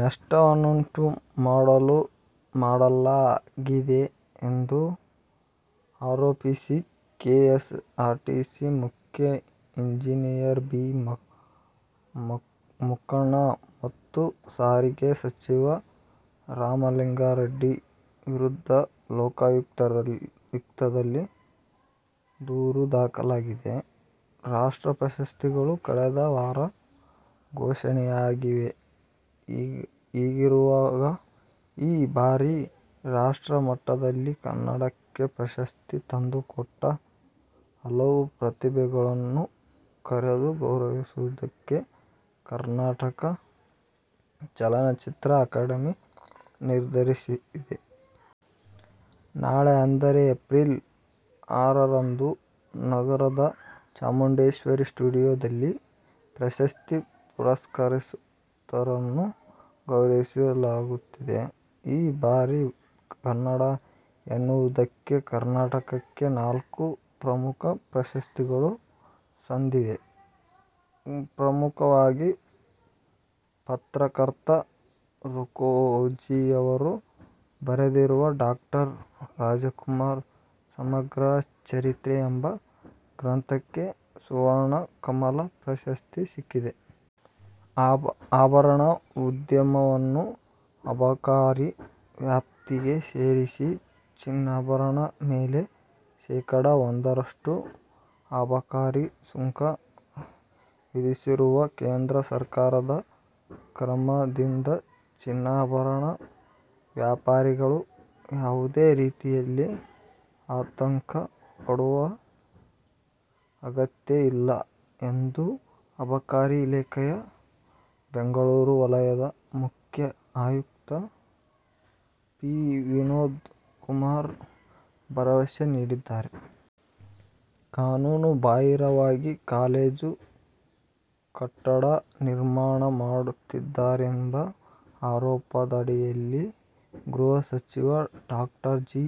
ನಷ್ಟವನ್ನುಂಟು ಮಾಡಲಾ ಗಿದೆ ಎಂದು ಆರೋಪಿಸಿ ಕೆಎಸ್ಆರ್ಟಿಸಿ ಮುಖ್ಯ ಎಂಜಿನಿಯರ್ ಬಿ. ಮುಕ್ಕಣ್ಣ ಮತ್ತು ಸಾರಿಗೆ ಸಚಿವ ರಾಮಲಿಂಗಾರೆಡ್ಡಿ ವಿರುದ್ಧ ಲೋಕಾಯುಕ್ತದಲ್ಲಿ ದೂರು ದಾಖಲಾಗಿದೆ. ರಾಷ್ಟ್ರ ಪ್ರಶಸ್ತಿಗಳು ಕಳೆದ ವಾರ ಘೋಷಣೆಯಾಗಿವೆ. ಹೀಗಿರುವಾಗ ಈ ಬಾರಿ ರಾಷ್ಟ್ರ ಮಟ್ಟದಲ್ಲಿ ಕನ್ನಡಕ್ಕೆ ಪ್ರಶಸ್ತಿ ತಂದು ಕೊಟ್ಟ ಹಲವು ಪ್ರತಿಭೆಗಳನ್ನು ಕರೆದು ಗೌರವಿಸುವುದಕ್ಕೆ ಕರ್ನಾಟಕ ಚಲನಚಿತ್ರ ಅಕಾಡೆಮಿ ನಿರ್ಧರಿಸಿದೆ. ನಾಳೆ ಅಂದರೆ ಏಪ್ರಿಲ್ ಆರರಂದು, ನಗರದ ಚಾಮುಂಡೇಶ್ವರಿ ಸ್ಟುಡಿಯೋದಲ್ಲಿ ಪ್ರಶಸ್ತಿ ಪುರಸ್ಕೃತರನ್ನು ಗೌರವಿಸಲಾಗುತ್ತಿದೆ. ಈ ಬಾರಿ ಕನ್ನಡ ಎನ್ನುವುದಕ್ಕೆ ಕರ್ನಾಟಕಕ್ಕೆ ನಾಲ್ಕು ಪ್ರಮುಖ ಪ್ರಶಸ್ತಿಗಳು ಸಂದಿವೆ. ಪ್ರಮುಖವಾಗಿ ಪತ್ರಕರ್ತ ರುಕ್ಕೋಜಿಅವರು ಬರೆದಿರುವ ಡಾಕ್ಟರ್. ರಾಜಕುಮಾರ್ ಸಮಗ್ರ ಚರಿತ್ರೆ ಎಂಬ ಗ್ರಂಥಕ್ಕೆ ಸ್ವರ್ಣ ಕಮಲ ಪ್ರಶಸ್ತಿ ಸಿಕ್ಕಿದೆ. ಆಭರಣ ಉದ್ಯಮವನ್ನು ಅಬಕಾರಿ ವ್ಯಾಪ್ತಿಗೆ ಸೇರಿಸಿ, ಚಿನ್ನಾಭರಣ ಮೇಲೆ ಶೇಕಾಡಾ ಒಂದರಷ್ಟು ಅಬಕಾರಿ ಸುಂಕ ವಿಧಿಸಿರುವ ಕೇಂದ್ರ ಸರಕಾರದ ಕ್ರಮದಿಂದ ಚಿನ್ನಾಭರಣ ವ್ಯಾಪಾರಿಗಳು ಯಾವುದೇ ರೀತಿಯಲ್ಲಿ ಆತಂಕ ಪಡುವ ಅಗತ್ಯ ಇಲ್ಲ ಎಂದು ಅಬಕಾರಿ ಇಲಾಖೆಯ ಬೆಂಗಳೂರು ವಲಯದ ಮುಖ್ಯ ಆಯುಕ್ತ ಪಿ. ವಿನೋದ್ ಕುಮಾರ್ ಭರವಸೆ ನೀಡಿದ್ದಾರೆ. ಕಾನೂನು ಬಾಹಿರವಾಗಿ ಕಾಲೇಜು ಕಟ್ಟಡ ನಿರ್ಮಾಣ ಮಾಡುತ್ತಿದ್ದಾರೆಂಬ ಆರೋಪದಡಿಯಲ್ಲಿ ಗೃಹ ಸಚಿವ ಡಾ. ಜಿ.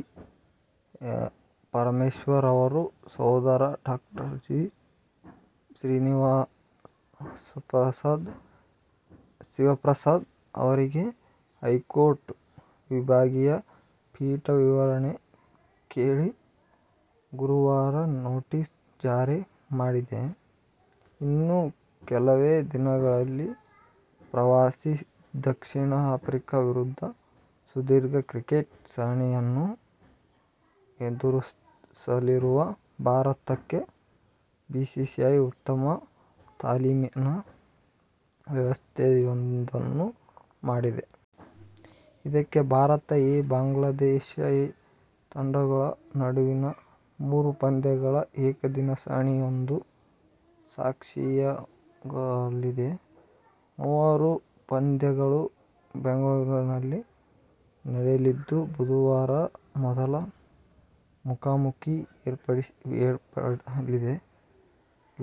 ಪರಮೇಶ್ವರ್ ಅವರ ಸಹೋದರ ಡಾ. ಜಿ. ಶಿವಪ್ರಸಾದ್ ಅವರಿಗೆ ಹೈಕೋರ್ಟ್ ವಿಭಾಗೀಯ ಪೀಠ ವಿವರಣೆ ಕೇಳಿ ಗುರುವಾರ ನೋಟಿಸ್ ಜಾರಿ ಮಾಡಿದೆ. ಇನ್ನು ಕೆಲವೇ ದಿನಗಳಲ್ಲಿ ಪ್ರವಾಸಿ ದಕ್ಷಿಣ ಆಫ್ರಿಕಾ ವಿರುದ್ಧ ಸುದೀರ್ಘ ಕ್ರಿಕೆಟ್ ಸರಣಿಯನ್ನು ಎದುರಿಸಲಿರುವ ಭಾರತಕ್ಕೆ ಬಿಸಿಸಿಐ ಉತ್ತಮ ತಾಲೀಮಿನ ವ್ಯವಸ್ಥೆಯೊಂದನ್ನು ಮಾಡಿದೆ. ಇದಕ್ಕೆ ಭಾರತ ಎ-ಬಾಂಗ್ಲಾದೇಶ ಎ ತಂಡಗಳ ನಡುವಿನ ಮೂರು ಪಂದ್ಯಗಳ ಏಕದಿನ ಸರಣಿಯೊಂದು ಸಾಕ್ಷಿಯಾಗಲಿದೆ. ಮೂರೂ ಪಂದ್ಯಗಳು ಬೆಂಗಳೂರಿನಲ್ಲಿ ನಡೆಯಲಿದ್ದು, ಬುಧವಾರ ಮೊದಲ ಮುಖಾಮುಖೀ ಏರ್ಪಡಲಿದೆ.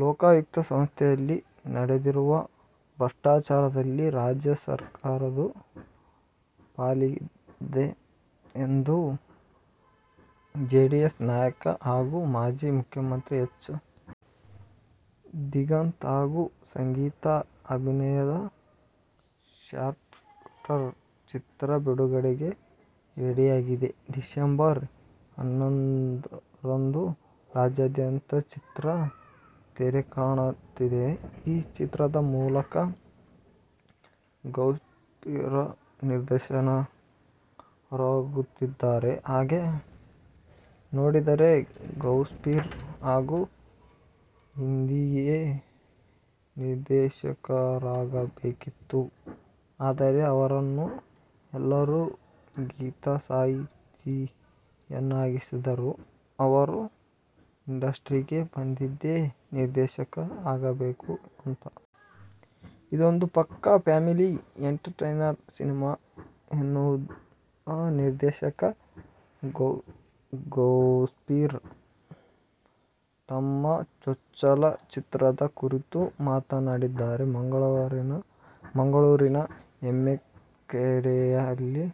ಲೋಕಾಯುಕ್ತ ಸಂಸ್ಥೆಯಲ್ಲಿ ನಡೆದಿರುವ ಭ್ರಷ್ಟಾಚಾರದಲ್ಲಿ ರಾಜ್ಯ ಸರ್ಕಾರದ್ದೂ ಪಾಲಿದೆ ಎಂದು ಜೆಡಿಎಸ್ ನಾಯಕ ಹಾಗೂ ಮಾಜಿ ಮುಖ್ಯಮಂತ್ರಿ ಎಚ್. ದಿಗಂತ್ ಹಾಗು ಸಂಗೀತಾ ಅಭಿನಯದ "ಶಾರ್ಪ್ಶೂಟರ್' ಚಿತ್ರ ಬಿಡುಗಡೆಗೆ ರೆಡಿಯಾಗಿದೆ. ಡಿಸೆಂಬರ್ ಹನ್ನೊಂದರಂದು ರಾಜ್ಯಾದ್ಯಂತ ಚಿತ್ರ ತೆರೆಕಾಣುತ್ತಿದೆ. ಈ ಚಿತ್ರದ ಮೂಲಕ ಗೌಸ್ಪೀರ್ ನಿರ್ದೇಶಕರಾಗುತ್ತಿದ್ದಾರೆ. ಹಾಗೆ ನೋಡಿದರೆ, ಗೌಸ್ಪೀರ್ ಈ ಹಿಂದೆಯೇ ನಿರ್ದೇಶಕರಾಗಬೇಕಿತ್ತು. ಆದರೆ, ಅವರನ್ನು ಎಲ್ಲರೂ ಗೀತಸಾಹಿತಿಯನ್ನಾಗಿಸಿದರು. ಅವರು ಇಂಡಸ್ಟ್ರಿಗೆ ಬಂದಿದ್ದೇ, ನಿರ್ದೇಶಕ ಆಗಬೇಕು ಅಂತ. ಇದೊಂದು ಪಕ್ಕಾ ಫ್ಯಾಮಿಲಿ ಎಂಟರ್ಟೈನರ್ ಸಿನಿಮಾ ಎನ್ನುವ ನಿರ್ದೇಶಕ ಗೌಸ್ಪೀರ್ ತಮ್ಮ ಚೊಚ್ಚಲ ಚಿತ್ರದ ಕುರಿತು ಮಾತನಾಡಿದ್ದಾರೆ. ಮಂಗಳೂರಿನ ಎಮ್ಮೆಕೆರೆಯಲ್ಲಿ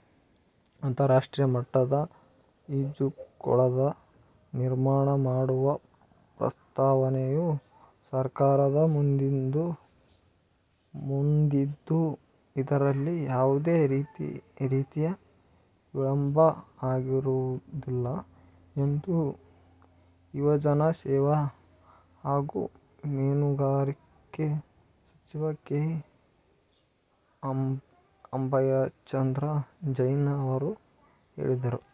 ಅಂತಾರಾಷ್ಟ್ರೀಯ ಮಟ್ಟದ ಈಜುಕೊಳದ ನಿರ್ಮಾಣ ಮಾಡುವ ಪ್ರಸ್ತಾವನೆಯು ಸರಕಾರದ ಮುಂದಿದ್ದು, ಇದರಲ್ಲಿ ಯಾವುದೇ ರೀತಿಯ ವಿಳಂಬ ಆಗಿರುವುದಿಲ್ಲ ಎಂದು ಯುವಜನ ಸೇವಾ ಹಾಗೂ ಮೀನುಗಾರಿಕೆ ಸಚಿವ ಕೆ. ಅಭಯಚಂದ್ರ ಜೈನ್ ಅವರು ಹೇಳಿದರು.